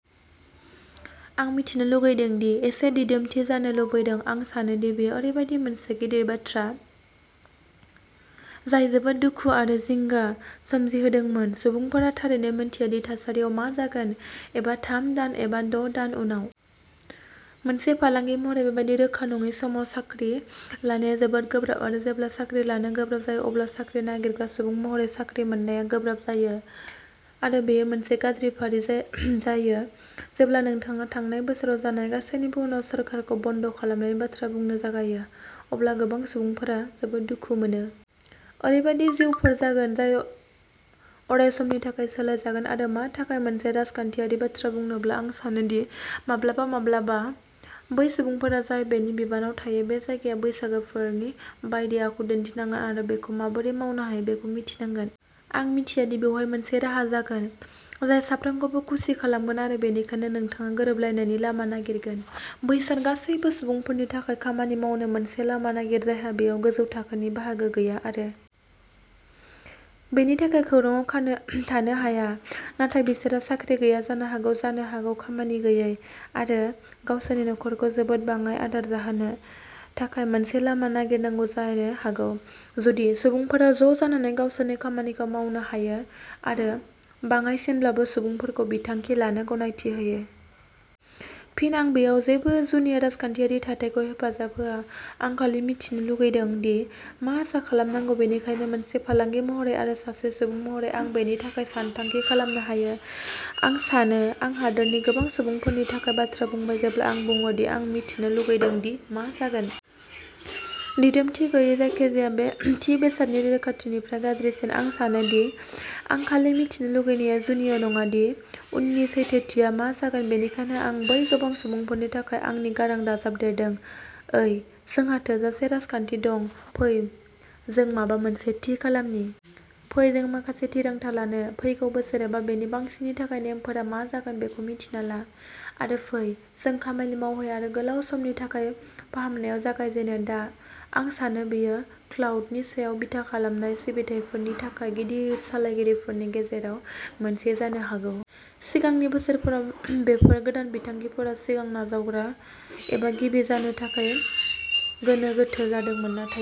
आं मिथिनो लुगैदोंदि एसे दिदोमथि जानो लुबैदों। आं सानो दि बेयो ओरैबायदि मोनसे गिदिर बाथ्रा जाय जोबोद दुखु आरो जिंगा सोमजिहोदोंमोन। सुबुंफोरा थारैनो मिन्थिया दि थासारिया मा जागोन, एबा थाम दान, एबा द' दान उनाव। मोनसे फालांगि महरै बेबादि रोखा नङि समाव साख्रि लानाया जोबोद गोब्राब आरो जेब्ला साख्रि लानो गोब्राब जायो, अब्ला साख्रि नागिरग्रा सुबुं महरै साख्रि मोननाया गोब्राब जायो आरो बेयो मोनसे गाज्रि फारि जायो। जेब्ला नोंथाङा थांनाय बोसोराव जानाय गासैबोनि उनाव सोरखारखौ बन्द खालामनायनि बाथ्रा बुंनो जागायो, अब्ला गोबां सुबुंफोरा जोबोद दुखु मोनो। ओरैबायदि जिउफोर जागोन जाय अरायसमनि थाखाय सोलायजागोन आरो मा थाखाय मोनसे राजखान्थियारि बाथ्रा बुंनोब्ला, आं सानो दि माब्लाबा माब्लाबा बै सुबुंफोरा जाय बेनि बिबानआव थायो। बे जायगायाव बैसागोफोरनि बायदि आखु दिन्थिनां आरो बेखौ माबोरै मावनो हायो बेखौ मिथिनांगोन। आं मिथिया दि बेवहाय मोनसे राहा जागोन जाय साफ्रोमखौबो खुसि खालामगोन आरो बेनिखायनो नोंथाङा गोरोबलायनायनि लामा नागिरगोन। बैसोर गासैबो सुबुंफोरनि थाखाय खामानि मावनो मोनसे लामा नागिर, जायहा बेयाव गोजौ थाखोनि बाहागो गैया आरो बेनि थाखाय खौरांआव खानो थानो हाया, नाथाय बिसोरहा साख्रि गैया जानो हागौ, जानो हागौ खामानि गैयै, आरो गावसोरनि नखरखौ जोबोद बाङाय आदार जाहोनो थाखाय मोनसे लामा नागिरनांगौ जानो हागौ, जुदि सुबुंफोरा ज'जानानै गावसोरनि खामानिखौ मावनो हायो आरो बाङाइसिनब्लाबो सुबुंफोरखौ बिथांखि लानो गनायथि होयो। फिन आं बेयाव जेबो जुनिया राजखान्थियारि थाथायखौ हेफाजाब होआ, आं खालि मिथिनो लुगैदों दि मा आसा खालामनांगौ, बेनिखायनो मोनसे फालांगि महरै आरो सासे सुबुं महरै आं बेनि थाखाय सानथांखि खालामनो हायो। आं सानो आं हादोरनि गोबां सुबुंफोरनि थाखाय बाथ्रा बुंबाय जेब्ला आं बुङो दि जों मिथिनो लुगैदों दि मा जागोन। दिदोमथि गैयै जायखिजाया बे थि बेसादनि रोखाथिनिफ्राइ गाज्रिसिन। आं सानो दि आं खालि मिथिनो लुगैनाया जुनिया नङा दि उननि सैथोथिया मा जागोन। बेनिखायनो आं बै गोबां सुबुंफोरनि थाखाय आंनि गारां दाजाबदेरदों, ओइ जोंहा थोजासे राजखान्थि दं, फै जों माबा मोनसे थि खालामनि। फै जों माखासे थिरांथा लानो, फैगौ बोसोर एबा बेनि बांसिननि थाखाय नेमफोरा मा जागोन बेखौ मिन्थिना ला, आरो फै जों खामानि मावहै आरो गोलाव समनि थाखाय फाहामनायाव जागाय जेनो, दा। आं सानो बेयो क्लाउडनि सायाव बिथा खालामनाय सिबिथाइफोरनि थाखाय गिदिर सालायगिरिफोरनि गेजेराव मोनसे जानो हागौ। सिगांनि बोसोरफोराव बेफोर गोदान बिथांखिफोराव सिगां नाजावग्रा एबा गिबि जानो थाखाय गोनो गोथो जादोंमोन, नाथाय